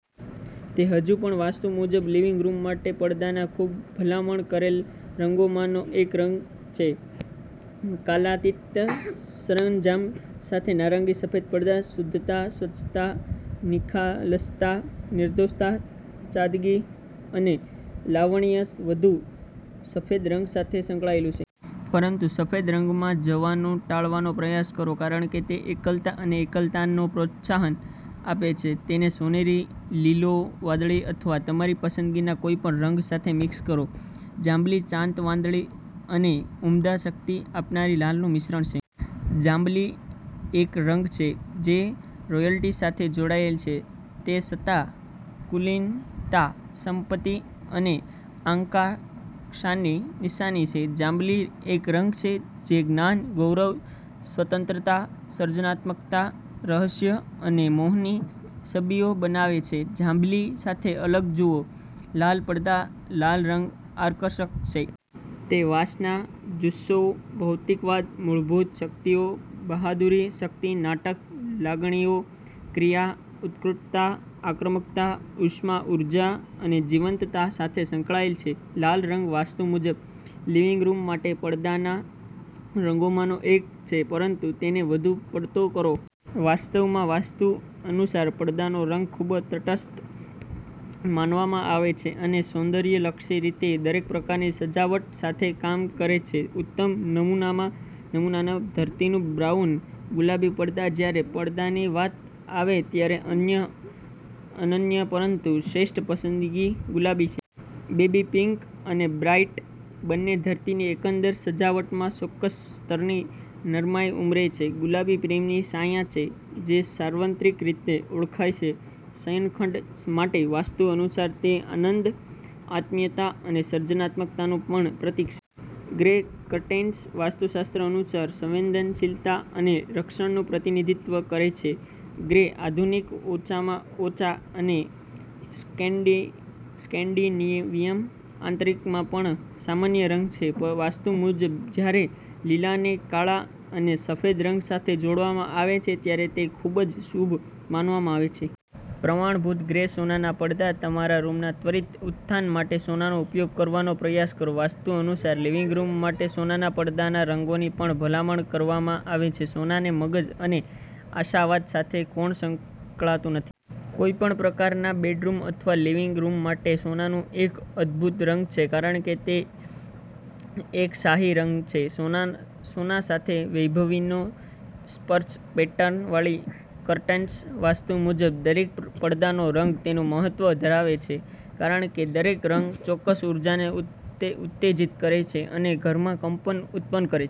તે હજુ પણ વાસ્તુ મુજબ લિવિંગ રૂમ માટે પડદાના ખૂબ ભલામણ કરેલ રંગોમાંનો એક રંગ છે. કાલાતીત સરંજામ સાથે નારંગી સફેદ પડધા શુદ્ધતા, સ્વચ્છતા, નિખાલસતા, નિર્દોષતા, સાદગી અને લાવણ્ય બધું સફેદ રંગ સાથે સંકળાયેલું છે. પરંતુ સફેદ રંગમાં જવાનું ટાળવાનો પ્રયાસ કરો કારણ કે તે એકલતા અને એકલતાને પ્રોત્સાહન આપે છે. તેને સોનેરી, લીલો, વાદળી અથવા તમારી પસંદગીના કોઈપણ રંગ સાથે મિક્સ કરો. જાંબલી શાંત વાંદળી અને ઉમદા, શક્તિ આપનારી લાલનું મિશ્રણ છે. જાંબલી એક રંગ છે જે રોયલ્ટી સાથે જોડાયેલ છે. તે સત્તા, કુલીનતા, સંપત્તિ અને આંકાંક્ષાની નિશાની છે. જાંબલી એક રંગ છે જે જ્ઞાન, ગૌરવ, સ્વતંત્રતા, સર્જનાત્મકતા, રહસ્ય અને મોહની છબીઓ બનાવે છે. જાંબલી સાથે અલગ જુઓ, લાલ પડધા લાલ રંગ આકર્ષક છે. તે વાસના, જુસ્સો, ભૌતિકવાદ, મૂળભૂત શક્તિઓ, બહાદુરી, શક્તિ, નાટક, લાગણીઓ, ક્રિયા, ઉત્ક્રુટતા, આક્રમકતા, ઉષ્મા, ઉર્જા અને જીવંતતા સાથે સંકળાયેલ છે. લાલ રંગ વાસ્તુ મુજબ લિવિંગ રૂમ માટે પડદાના રંગોમાંનો એક છે પરંતુ તેને વધુ પડતો કરો. વાસ્તવમાં, વાસ્તુ અનુસાર પડદાનો રંગ ખૂબ તટસ્થ માનવામાં આવે છે અને સૌંદર્યલક્ષી રીતે દરેક પ્રકારની સજાવટ સાથે કામ કરે છે. ઉત્તમ નમૂનામાં, નમૂનાના ધરતીનું બ્રાઉન ગુલાબી પડધા જ્યારે પડદાની વાત આવે ત્યારે અન્ય અનન્ય પરંતુ શ્રેષ્ઠ પસંદગી ગુલાબી છે. બેબી પિંક અને બ્રાઈટ બંને ધરતીની એકંદર સજાવટમાં ચોક્કસ સ્તરની નરમાઈ ઉમેરે છે. ગુલાબી પ્રેમની શાયા છે, જે સાર્વત્રિક રીતે ઓળખાય છે. શયનખંડ માટે વાસ્તુ અનુસાર તે અનંદ, આત્મીયતા અને સર્જનાત્મકતાનું પણ પ્રતીક છે. ગ્રે કર્ટેન્સ વાસ્તુશાસ્ત્ર અનુસાર સંવેદનશીલતા અને રક્ષણનું પ્રતિનિધિત્વ કરે છે. ગ્રે આધુનિક, ઓછામાં ઓછા અને સ્કેન્ડ સ્કેન્ડિનેવિયન આંતરિકમાં પણ સામાન્ય રંગ છે. વાસ્તુ મુજબ, જ્યારે લીલાને કાળા અને સફેદ રંગ સાથે જોડવામાં આવે છે, ત્યારે તે ખૂબજ શુભ માનવામાં આવે છે. પ્રમાણભૂત ગ્રે સોનાના પડદા તમારા રૂમના ત્વરિત ઉત્થાન માટે, સોનાનો ઉપયોગ કરવાનો પ્રયાસ કરો. વાસ્તુ અનુસાર લિવિંગ રૂમ માટે સોનાના પડદાના રંગોની પણ ભલામણ કરવામાં આવે છે. સોનાને મગજ અને આશાવાદ સાથે કોણ સંકડાતું નથી? કોઈપણ પ્રકારના બેડરૂમ અથવા લિવિંગ રૂમ માટે સોનું એક અદ્ભુત રંગ છે કારણ કે તે એક શાહી રંગ છે. સોનાના સોના સાથે વૈભવીનો સ્પર્શ પેટર્ન વાળી કર્ટેન્સ વાસ્તુ મુજબ દરેક પડદાનો રંગ તેનું મહત્વ ધરાવે છે કારણ કે દરેક રંગ ચોક્કસ ઊર્જાને ઉત્તે ઉત્તેજીત કરે છે અને ઘરમાં કંપન ઉત્પન્ન કરે.